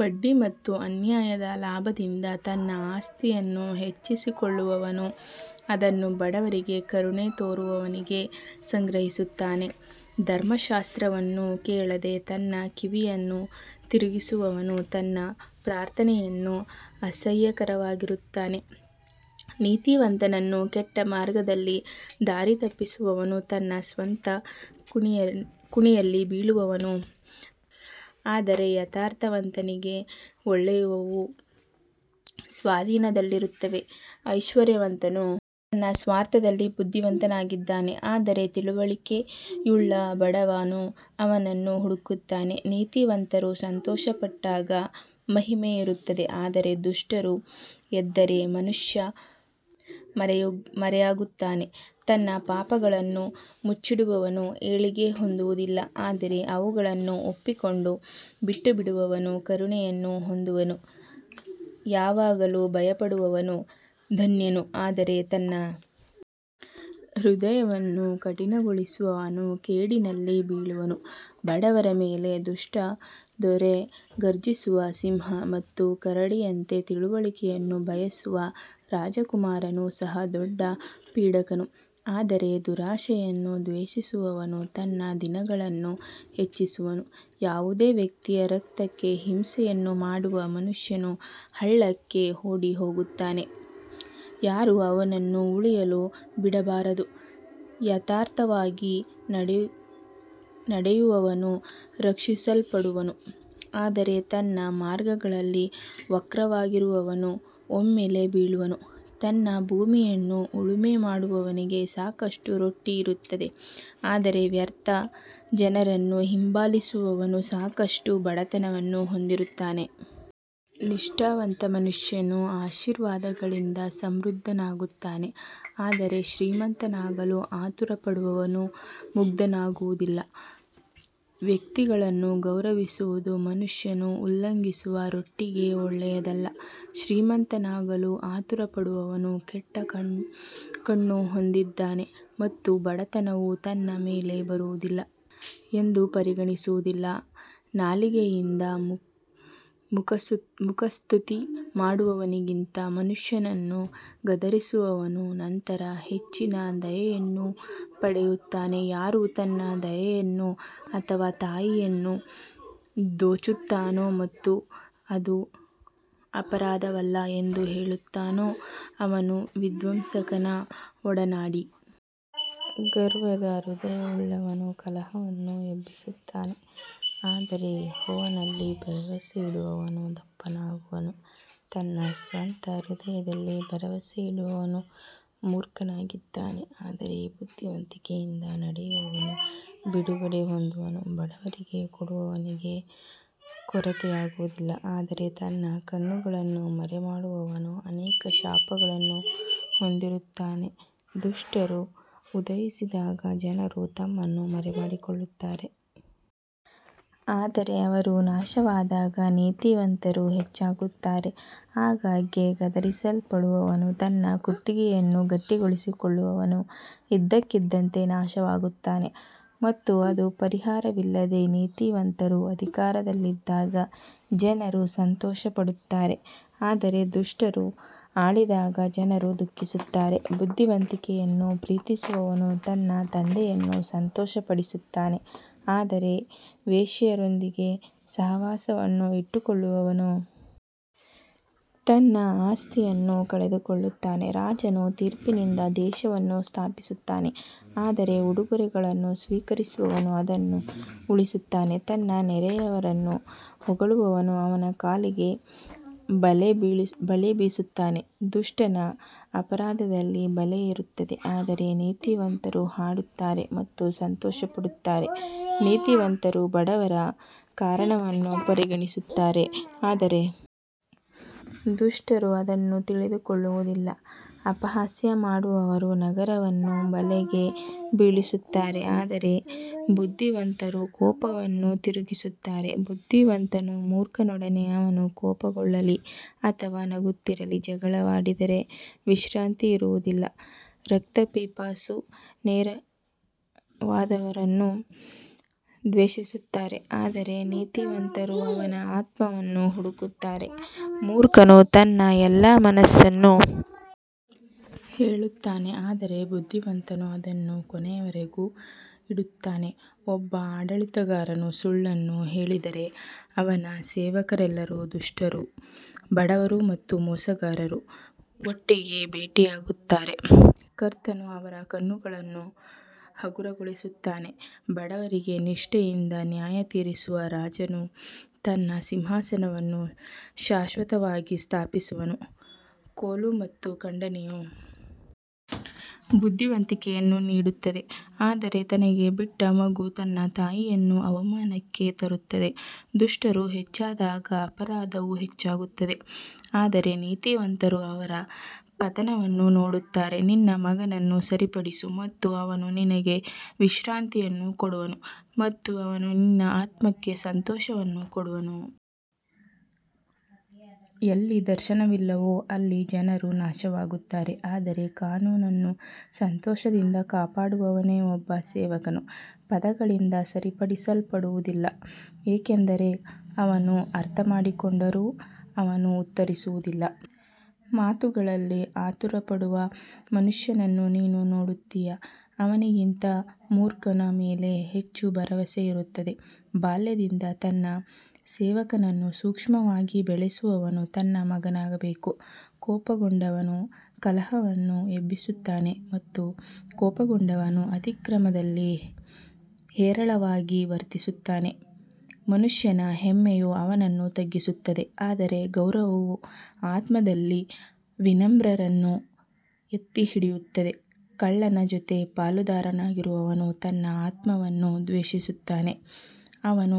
ಬಡ್ಡಿ ಮತ್ತು ಅನ್ಯಾಯದ ಲಾಭದಿಂದ ತನ್ನ ಆಸ್ತಿಯನ್ನು ಹೆಚ್ಚಿಸಿಕೊಳ್ಳುವವನು ಅದನ್ನು ಬಡವರಿಗೆ ಕರುಣೆ ತೋರುವವನಿಗೆ ಸಂಗ್ರಹಿಸುತ್ತಾನೆ. ಧರ್ಮಶಾಸ್ತ್ರವನ್ನು ಕೇಳದೆ ತನ್ನ ಕಿವಿಯನ್ನು ತಿರುಗಿಸುವವನು ತನ್ನ ಪ್ರಾರ್ಥನೆಯನ್ನು ಅಸಹ್ಯಕರವಾಗಿರುತ್ತಾನೆ ನೀತಿವಂತನನ್ನು ಕೆಟ್ಟ ಮಾರ್ಗದಲ್ಲಿ ದಾರಿತಪ್ಪಿಸುವವನು ತನ್ನ ಸ್ವಂತ ಕುಣಿಯಲ್ಲಿ ಬೀಳುವನು ಆದರೆ ಯಥಾರ್ಥವಂತನಿಗೆ ಒಳ್ಳೆಯವುಗಳು ಸ್ವಾಧೀನದಲ್ಲಿರುತ್ತವೆ. ಐಶ್ವರ್ಯವಂತನು ತನ್ನ ಸ್ವಾರ್ಥದಲ್ಲಿ ಬುದ್ಧಿವಂತನಾಗಿದ್ದಾನೆ ಆದರೆ ತಿಳುವಳಿಕೆಯುಳ್ಳ ಬಡವನು ಅವನನ್ನು ಹುಡುಕುತ್ತಾನೆ ನೀತಿವಂತರು ಸಂತೋಷಪಟ್ಟಾಗ ಮಹಿಮೆ ಇರುತ್ತದೆ ಆದರೆ ದುಷ್ಟರು ಎದ್ದರೆ ಮನುಷ್ಯ ಮರೆಯಾಗುತ್ತಾನೆ ತನ್ನ ಪಾಪಗಳನ್ನು ಮುಚ್ಚಿಡುವವನು ಏಳಿಗೆ ಹೊಂದುವುದಿಲ್ಲ ಆದರೆ ಅವುಗಳನ್ನು ಒಪ್ಪಿಕೊಂಡು ಬಿಟ್ಟುಬಿಡುವವನು ಕರುಣೆಯನ್ನು ಹೊಂದುವನು ಯಾವಾಗಲೂ ಭಯಪಡುವವನು ಧನ್ಯನು ಆದರೆ ತನ್ನ ಹೃದಯವನ್ನು ಕಠಿಣಗೊಳಿಸುವವನು ಕೇಡಿನಲ್ಲಿ ಬೀಳುವನು ಬಡವರ ಮೇಲೆ ದುಷ್ಟ ದೊರೆ ಗರ್ಜಿಸುವ ಸಿಂಹ ಮತ್ತು ಕರಡಿಯಂತೆ ತಿಳುವಳಿಕೆಯನ್ನು ಬಯಸುವ ರಾಜಕುಮಾರನು ಸಹ ದೊಡ್ಡ ಪೀಡಕನು ಆದರೆ ದುರಾಶೆಯನ್ನು ದ್ವೇಷಿಸುವವನು ತನ್ನ ದಿನಗಳನ್ನು ಹೆಚ್ಚಿಸುವನು ಯಾವುದೇ ವ್ಯಕ್ತಿಯ ರಕ್ತಕ್ಕೆ ಹಿಂಸೆಯನ್ನು ಮಾಡುವ ಮನುಷ್ಯನು ಹಳ್ಳಕ್ಕೆ ಓಡಿಹೋಗುತ್ತಾನೆ, ಯಾರೂ ಅವನನ್ನು ಉಳಿಯಲು ಬಿಡಬಾರದು ಯಥಾರ್ಥವಾಗಿ ನಡೆಯುವವನು ರಕ್ಷಿಸಲ್ಪಡುವನು ಆದರೆ ತನ್ನ ಮಾರ್ಗಗಳಲ್ಲಿ ವಕ್ರವಾಗಿರುವವನು ಒಮ್ಮೆಲೇ ಬೀಳುವನು ತನ್ನ ಭೂಮಿಯನ್ನು ಉಳುಮೆ ಮಾಡುವವನಿಗೆ ಸಾಕಷ್ಟು ರೊಟ್ಟಿ ಇರುತ್ತದೆ ಆದರೆ ವ್ಯರ್ಥ ಜನರನ್ನು ಹಿಂಬಾಲಿಸುವವನು ಸಾಕಷ್ಟು ಬಡತನವನ್ನು ಹೊಂದಿರುತ್ತಾನೆ. ನಿಷ್ಠಾವಂತ ಮನುಷ್ಯನು ಆಶೀರ್ವಾದಗಳಿಂದ ಸಮೃದ್ಧನಾಗುತ್ತಾನೆ ಆದರೆ ಶ್ರೀಮಂತನಾಗಲು ಆತುರಪಡುವವನು ಮುಗ್ಧನಾಗುವುದಿಲ್ಲ ವ್ಯಕ್ತಿಗಳನ್ನು ಗೌರವಿಸುವುದು ಮನುಷ್ಯನು ಉಲ್ಲಂಘಿಸುವ ರೊಟ್ಟಿಗೆ ಒಳ್ಳೆಯದಲ್ಲ ಶ್ರೀಮಂತನಾಗಲು ಆತುರಪಡುವವನು ಕೆಟ್ಟ ಕಣ್ಣು ಹೊಂದಿದ್ದಾನೆ ಮತ್ತು ಬಡತನವು ತನ್ನ ಮೇಲೆ ಬರುವುದಿಲ್ಲ ಎಂದು ಪರಿಗಣಿಸುವುದಿಲ್ಲ ನಾಲಿಗೆಯಿಂದ ಮುಖಸ್ತುತಿ ಮಾಡುವವನಿಗಿಂತ ಮನುಷ್ಯನನ್ನು ಗದರಿಸುವವನು ನಂತರ ಹೆಚ್ಚಿನ ದಯೆಯನ್ನು ಪಡೆಯುತ್ತಾನೆ ಯಾರು ತನ್ನ ತಂದೆಯನ್ನು ಅಥವಾ ತಾಯಿಯನ್ನು ದೋಚುತ್ತಾನೋ ಮತ್ತು ಅದು ಅಪರಾಧವಲ್ಲ ಎಂದು ಹೇಳುತ್ತಾನೋ ಅವನು ವಿಧ್ವಂಸಕನ ಒಡನಾಡಿ. ಗರ್ವದ ಹೃದಯವುಳ್ಳವನು ಕಲಹವನ್ನು ಎಬ್ಬಿಸುತ್ತಾನೆ ಆದರೆ ಯೆಹೋವನಲ್ಲಿ ಭರವಸೆಯಿಡುವವನು ದಪ್ಪನಾಗುವನು ತನ್ನ ಸ್ವಂತ ಹೃದಯದಲ್ಲಿ ಭರವಸೆಯಿಡುವವನು ಮೂರ್ಖನಾಗಿದ್ದಾನೆ ಆದರೆ ಬುದ್ಧಿವಂತಿಕೆಯಿಂದ ನಡೆಯುವವನು ಬಿಡುಗಡೆ ಹೊಂದುವನು ಬಡವರಿಗೆ ಕೊಡುವವನಿಗೆ ಕೊರತೆಯಾಗುವುದಿಲ್ಲ ಆದರೆ ತನ್ನ ಕಣ್ಣುಗಳನ್ನು ಮರೆಮಾಡುವವನು ಅನೇಕ ಶಾಪಗಳನ್ನು ಹೊಂದಿರುತ್ತಾನೆ ದುಷ್ಟರು ಉದಯಿಸಿದಾಗ ಜನರು ತಮ್ಮನ್ನು ಮರೆಮಾಡಿಕೊಳ್ಳುತ್ತಾರೆ ಆದರೆ ಅವರು ನಾಶವಾದಾಗ ನೀತಿವಂತರು ಹೆಚ್ಚಾಗುತ್ತಾರೆ ಆಗಾಗ್ಗೆ ಗದರಿಸಲ್ಪಡುವವನು ತನ್ನ ಕುತ್ತಿಗೆಯನ್ನು ಗಟ್ಟಿಗೊಳಿಸಿಕೊಳ್ಳುವವನು ಇದ್ದಕ್ಕಿದ್ದಂತೆ ನಾಶವಾಗುತ್ತಾನೆ ಮತ್ತು ಅದು ಪರಿಹಾರವಿಲ್ಲದೆ ನೀತಿವಂತರು ಅಧಿಕಾರದಲ್ಲಿದ್ದಾಗ ಜನರು ಸಂತೋಷಪಡುತ್ತಾರೆ ಆದರೆ ದುಷ್ಟರು ಆಳಿದಾಗ ಜನರು ದುಃಖಿಸುತ್ತಾರೆ ಬುದ್ಧಿವಂತಿಕೆಯನ್ನು ಪ್ರೀತಿಸುವವನು ತನ್ನ ತಂದೆಯನ್ನು ಸಂತೋಷಪಡಿಸುತ್ತಾನೆ ಆದರೆ ವೇಶ್ಯೆಯರೊಂದಿಗೆ ಸಹವಾಸವನ್ನು ಇಟ್ಟುಕೊಳ್ಳುವವನು ತನ್ನ ಆಸ್ತಿಯನ್ನು ಕಳೆಯುತ್ತಾನೆ ರಾಜನು ತೀರ್ಪಿನಿಂದ ದೇಶವನ್ನು ಸ್ಥಾಪಿಸುತ್ತಾನೆ ಆದರೆ ಉಡುಗೊರೆಗಳನ್ನು ಸ್ವೀಕರಿಸುವವನು ಅದನ್ನು ಉರುಳಿಸುತ್ತಾನೆ ತನ್ನ ನೆರೆಯವರನ್ನು ಹೊಗಳುವವನು ಅವನ ಕಾಲಿಗೆ ಬಲೆ ಬೀಸುತ್ತಾನೆ ದುಷ್ಟನ ಅಪರಾಧದಲ್ಲಿ ಬಲೆ ಇರುತ್ತದೆ ಆದರೆ ನೀತಿವಂತರು ಹಾಡುತ್ತಾರೆ ಮತ್ತು ಸಂತೋಷಪಡುತ್ತಾರೆ ನೀತಿವಂತರು ಬಡವರ ಕಾರಣವನ್ನು ಪರಿಗಣಿಸುತ್ತಾರೆ ಆದರೆ ದುಷ್ಟರು ಅದನ್ನು ತಿಳಿದುಕೊಳ್ಳುವುದಿಲ್ಲ ಅಪಹಾಸ್ಯ ಮಾಡುವವರು ನಗರವನ್ನು ಬಲೆಗೆ ಬೀಳಿಸುತ್ತಾರೆ ಆದರೆ ಬುದ್ಧಿವಂತರು ಕೋಪವನ್ನು ತಿರುಗಿಸುತ್ತಾರೆ ಬುದ್ದಿವಂತನು ಮೂರ್ಖನೊಡನೆ ಅವನು ಕೋಪಗೊಳ್ಳಲಿ ಅಥವಾ ನಗುತ್ತಿರಲಿ ಜಗಳವಾಡಿದರೆ ವಿಶ್ರಾಂತಿ ಇರುವುದಿಲ್ಲ ರಕ್ತಪಿಪಾಸು ನೇರವಾದವರನ್ನು ದ್ವೇಷಿಸುತ್ತಾರೆ ಆದರೆ ನೀತಿವಂತರು ಅವನ ಆತ್ಮವನ್ನು ಹುಡುಕುತ್ತಾರೆ ಮೂರ್ಖನು ತನ್ನ ಎಲ್ಲಾ ಮನಸ್ಸನ್ನು ಹೇಳುತ್ತಾನೆ ಆದರೆ ಬುದ್ಧಿವಂತನು ಅದನ್ನು ಕೊನೆಯವರೆಗೂ ಇಡುತ್ತಾನೆ ಒಬ್ಬ ಆಡಳಿತಗಾರನು ಸುಳ್ಳನ್ನು ಕೇಳಿದರೆ ಅವನ ಸೇವಕರೆಲ್ಲರೂ ದುಷ್ಟರು ಬಡವರು ಮತ್ತು ಮೋಸಗಾರರು ಒಟ್ಟಿಗೆ ಭೇಟಿಯಾಗುತ್ತಾರೆ, ಕರ್ತನು ಅವರ ಕಣ್ಣುಗಳನ್ನು ಹಗುರಗೊಳಿಸುತ್ತಾನೆ ಬಡವರಿಗೆ ನಿಷ್ಠೆಯಿಂದ ನ್ಯಾಯತೀರಿಸುವ ರಾಜನು ತನ್ನ ಸಿಂಹಾಸನವನ್ನು ಶಾಶ್ವತವಾಗಿ ಸ್ಥಾಪಿಸುವನು ಕೋಲು ಮತ್ತು ಖಂಡನೆಯು ಬುದ್ಧಿವಂತಿಕೆಯನ್ನು ನೀಡುತ್ತದೆ ಆದರೆ ತನಗೆ ಬಿಟ್ಟ ಮಗು ತನ್ನ ತಾಯಿಯನ್ನು ಅವಮಾನಕ್ಕೆ ತರುತ್ತದೆ ದುಷ್ಟರು ಹೆಚ್ಚಾದಾಗ ಅಪರಾಧವು ಹೆಚ್ಚಾಗುತ್ತದೆ ಆದರೆ ನೀತಿವಂತರು ಅವರ ಪತನವನ್ನು ನೋಡುತ್ತಾರೆ ನಿನ್ನ ಮಗನನ್ನು ಸರಿಪಡಿಸು ಮತ್ತು ಅವನು ನಿನಗೆ ವಿಶ್ರಾಂತಿಯನ್ನು ಕೊಡುವನು ಮತ್ತು ಅವನು ನಿನ್ನ ಆತ್ಮಕ್ಕೆ ಸಂತೋಷವನ್ನು ಕೊಡುವನು ಎಲ್ಲಿ ದರ್ಶನವಿಲ್ಲವೋ ಅಲ್ಲಿ ಜನರು ನಾಶವಾಗುತ್ತಾರೆ ಆದರೆ ಕಾನೂನನ್ನು ಸಂತೋಷದಿಂದ ಕಾಪಾಡುವವನೇ ಒಬ್ಬ ಸೇವಕನು ಪದಗಳಿಂದ ಸರಿಪಡಿಸಲ್ಪಡುವುದಿಲ್ಲ ಏಕೆಂದರೆ ಅವನು ಅರ್ಥಮಾಡಿಕೊಂಡರೂ ಅವನು ಉತ್ತರಿಸುವುದಿಲ್ಲ ಮಾತುಗಳಲ್ಲಿ ಆತುರಪಡುವ ಮನುಷ್ಯನನ್ನು ನೀನು ನೋಡುತ್ತೀಯಾ, ಅವನಿಗಿಂತ ಮೂರ್ಖನ ಮೇಲೆ ಹೆಚ್ಚು ಭರವಸೆ ಇರುತ್ತದೆ ಬಾಲ್ಯದಿಂದ ತನ್ನ ಸೇವಕನನ್ನು ಸೂಕ್ಷ್ಮವಾಗಿ ಬೆಳೆಸುವವನು ತನ್ನ ಮಗನಾಗಬೇಕು ಕೋಪಗೊಂಡವನು ಕಲಹವನ್ನು ಎಬ್ಬಿಸುತ್ತಾನೆ ಮತ್ತು ಕೋಪಗೊಂಡವನು ಅತಿಕ್ರಮದಲ್ಲಿ ಹೇರಳವಾಗಿ ವರ್ತಿಸುತ್ತಾನೆ ಮನುಷ್ಯನ ಹೆಮ್ಮೆಯು ಅವನನ್ನು ತಗ್ಗಿಸುತ್ತದೆ ಆದರೆ ಗೌರವವು ಆತ್ಮದಲ್ಲಿ ವಿನಮ್ರರನ್ನು ಎತ್ತಿಹಿಡಿಯುತ್ತದೆ ಕಳ್ಳನ ಜೊತೆ ಪಾಲುದಾರನಾಗಿರುವವನು ತನ್ನ ಆತ್ಮವನ್ನು ದ್ವೇಷಿಸುತ್ತಾನೆ, ಅವನು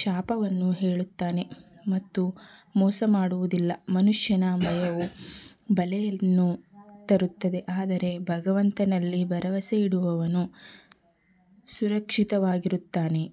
ಶಾಪವನ್ನು ಕೇಳುತ್ತಾನೆ ಮತ್ತು ಮೋಸ ಮಾಡುವುದಿಲ್ಲ ಮನುಷ್ಯನ ಭಯವು ಬಲೆಯನ್ನು ತರುತ್ತದೆ ಆದರೆ ಭಗವಂತನಲ್ಲಿ ಭರವಸೆಯಿಡುವವನು ಸುರಕ್ಷಿತವಾಗಿರುತ್ತಾನೆ.